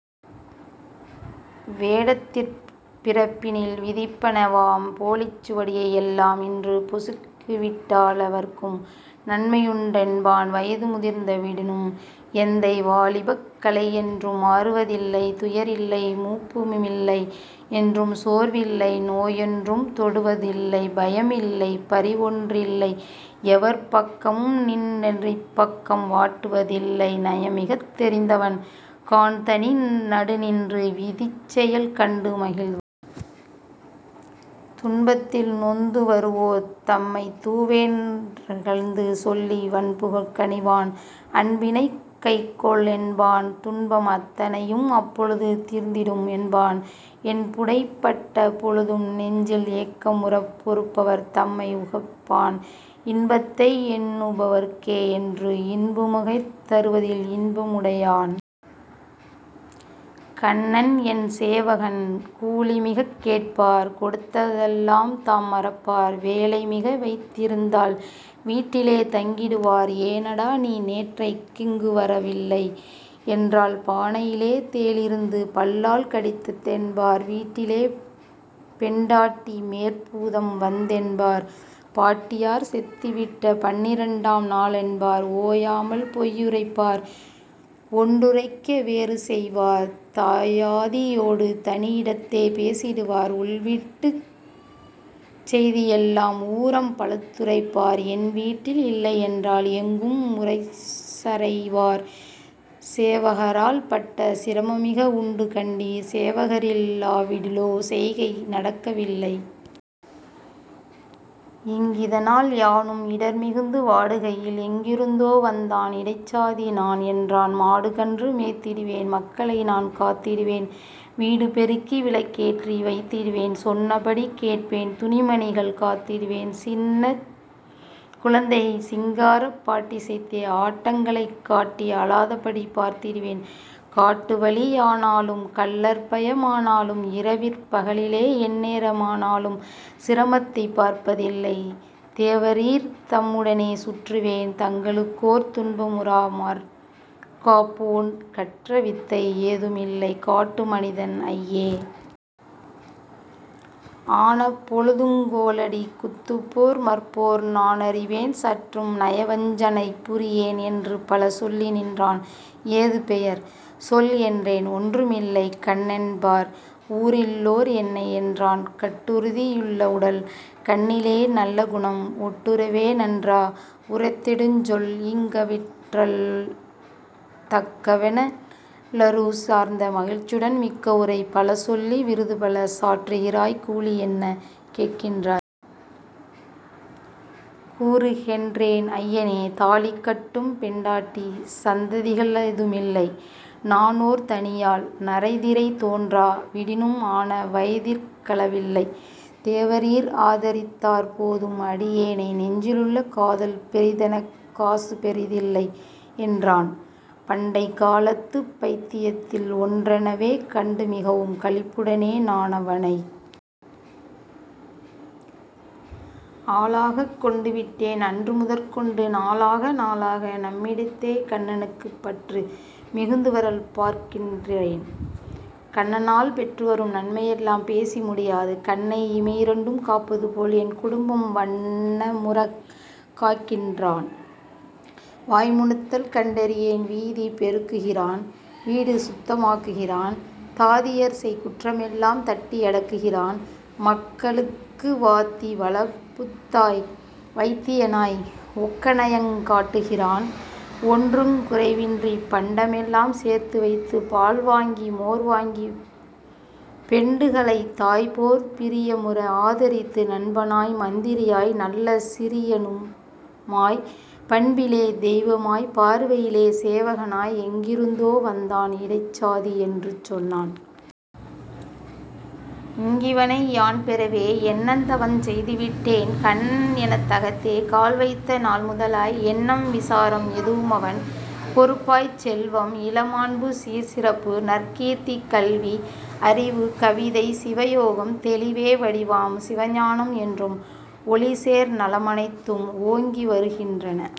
வேடத்திற் பிறப்பினில் விதிப்பன வாம் போலிச் சுவடியை யெல்லாம் இன்று பொசுக்கிவிட்டாலெவர்க்கும் நன்மையுண்டென்பான். வயது முதிர்ந்து விடினும் எந்தை வாலிபக் களையென்றும் மாறுவதில்லை; துயரில்லை; மூப்பு மில்லை, என்றும் சோர்வில்லை; நோயொன்றும் தொடுவ தில்லை; பயமில்லை, பரிவொன்றில்லை, எவர் பக்கமும்நின் றெதிர்ப்பக்கம் வாட்டுவ தில்லை நயமிகத் தெரிந்தவன் காண்; தனி நடுநின்று விதிச்செயல் கண்டு மகிழ்வான். துன்பத்தில் நொந்து வருவோர் தம்மைத் தூவென் றிகழ்ந்து சொல்லி வன்பு கனிவான்; அன்பினைக் கைக்கொள் என்பான்; துன்பம் அத்தனையும் அப்பொழுது தீர்ந்திடும் என்பான்; என்புடை பட்ட பொழுதும் நெஞ்சில் ஏக்கமுறப் பொறுப்பவர் தம்மை உகப்பான்; இன்பத்தை எண்ணு பவர்க்கே என்றும் இன்பமிகத் தருவதில் இன்ப முடையான்... கண்ணன் என் சேவகன் கூலிமிகக் கேட்பார் கொடுத்ததெலாம் தாம் மறப்பார்: வேலைமிக வைத்திருந்தால் வீட்டிலே தங்கிடுவார்; 'ஏனடா, நீ நேற்றைக் கிங்குவர வில்லை' யென்றால் பானையிலே தேளிருந்து பல்லால் கடித்த தென்பார்; வீட்டிலே பெண்டாட்டி மேற்பூதம் வந்ததென்பார்; பாட்டியார் செத்துவிட்ட பன்னிரண்டாம் நாளென்பார்; ஓயாமல் பொய்யுரைப்பார்; ஒன்றுரைக்க வேறுசெய்வார்; தாயாதி யோடு தனியிடத்தே பேசிடுவார்; உள்வீட்டுச் செய்தியெல்லாம் ஊரம் பலத்துரைப்பார்; என்வீட்டில் இல்லையென்றால் எங்கும் முரசறைவார்; சேவகரால் பட்ட சிரமமிக உண்டு கண்டீர்; சேவகரில் லாவிடிலோ, செய்கை நடக்கவில்லை. இங்கிதனால் யானும் இடர்மிகுந்து வாடுகையில்; எங்கிருந்தோ வந்தான், 'இடைச்சாதி நான்' என்றான்; ''மாடுகன்று மேய்த்திடுவேன், மக்களை நான் காத்திடுவேன் வீடு பெருக்கி விளக்கேற்றி வைத்திடுவேன்; சொன்னபடி கேட்பேன்; துணிமணிகள் காத்திடுவேன்; சின்னக் குழந்தைக்குச் சிங்காரப் பாட்டிசைத்தே ஆட்டங்கள் காட்டி அழாதபடி பார்த்திடுவேன்; காட்டுவழி யானாலும், கள்ளர்பய மானாலும்; இரவிற் பகலிலே எந்நேர மானாலும் சிரமத்தைப் பார்ப்பதில்லை, தேவரீர் தம்முடனே சுற்றுவேன் தங்களுக்கோர் துன்பமுறா மற்காப்போன்; கற்ற வித்தை யேதுமில்லை; காட்டு மனிதன்; ஐயே! ஆன பொழுதுங் கோலடி குத்துப்போர் மற்போர் நானறிவேன்; சற்றும் நயவஞ் சனைபுரியேன்'' என்றுபல சொல்லி நின்றான் ''ஏது பெயர்? சொல்'' என்றேன் ''ஒன்றுமில்லை; கண்ணனென்பார் ஊரிலுள்ளோர் என்னை'' என்றான். கட்டுறுதி யுள்ளவுடல், கண்ணிலே நல்லகுணம் ஒட்டுறவே நன்றா உரைத்திடுஞ்சொல் -ஈங்கிவற்றால்; தக்கவனென் றுள்ளத்தே சார்ந்த மகிழ்ச்சியுடன், ''மிக்கவுரை பலசொல்லி விருதுபல சாற்றுகிறாய்; கூலியென்ன கேட்கின்றாய்? கூறு'' கென்றேன். ''ஐயனே! தாலிகட்டும் பெண்டாட்டி சந்ததிக ளேதுமில்லை; நானோர் தனியாள்; நரைதிரை தோன்றா விடினும் ஆன வயதிற் களவில்லை; தேவரீர் ஆதரித்தாற் போதும் அடியேனை; நெஞ்சிலுள்ள காதல் பெரிதெனக்குக் காசுபெரி தில்லை'' யென்றான். பண்டைக் காலத்து பயித்தியத்தில் ஒன்றெனவே கண்டு மிகவும் களிப்புடனே நானவனை. ஆளாகக் கொண்டு விட்டேன் அன்று முதற்கொண்டு, நாளாக நாளாக, நம்மிடத்தே கண்ணனுக்குப் பற்று மிகுந்துவரல் பார்க்கின்றேன்; கண்ணனால் பெற்றுவரும் நன்மையெல்லாம் பேசி முடியாது கண்ணை இமையிரண்டும் காப்பதுபோல், என் குடும்பம் வண்ணமுறக் காக்கின்றான் வாய்முணுத்தல் கண்டிறியேன் வீதி பெருக்குகிறான்; வீடு சுத்த மாக்குகிறான்; தாதியர்செய் குற்றமெல்லாம் தட்டி யடக்குகிறான்; மக்களுக்கு வாத்தி, வளர்ப்புத்தாய், வைத்தியனாய் ஒக்கநயங் காட்டுகிறான்; ஒன்றுங் குறைவின்றிப் பண்டமெலாம் சேர்த்துவைத்துப் பால்வாங்கி மோர் வாங்கிப் பெண்டுகளைத் தாய்போற் பிரியமுற ஆதரித்து நண்பனாய், மந்திரியாய், நல்ல சிரியனுமாய், பண்பிலே தெய்வமாய்ப் பார்வையிலே சேவகனாய், எங்கிருந்தோ வந்தான், இடைச்சாதியென்று சொன்னான். இங்கிவனை யான் பெறவே என்னதவஞ் செய்து விட்டேன்! கண்ணன் என தகத்தே கால்வைத்த நாள்முதலாய் எண்ணம் விசாரம் எதுவுமவன் பொறுப்பாய்ச் செல்வம், இளமாண்பு, சீர், சிறப்பு, நற்கீர்த்தி, கல்வி, அறிவு, கவிதை, சிவ யோகம், தெளிவே வடிவாம் சிவஞானம், என்றும் ஒளிசேர் நலமனைத்தும் ஓங்கிவரு கின்றன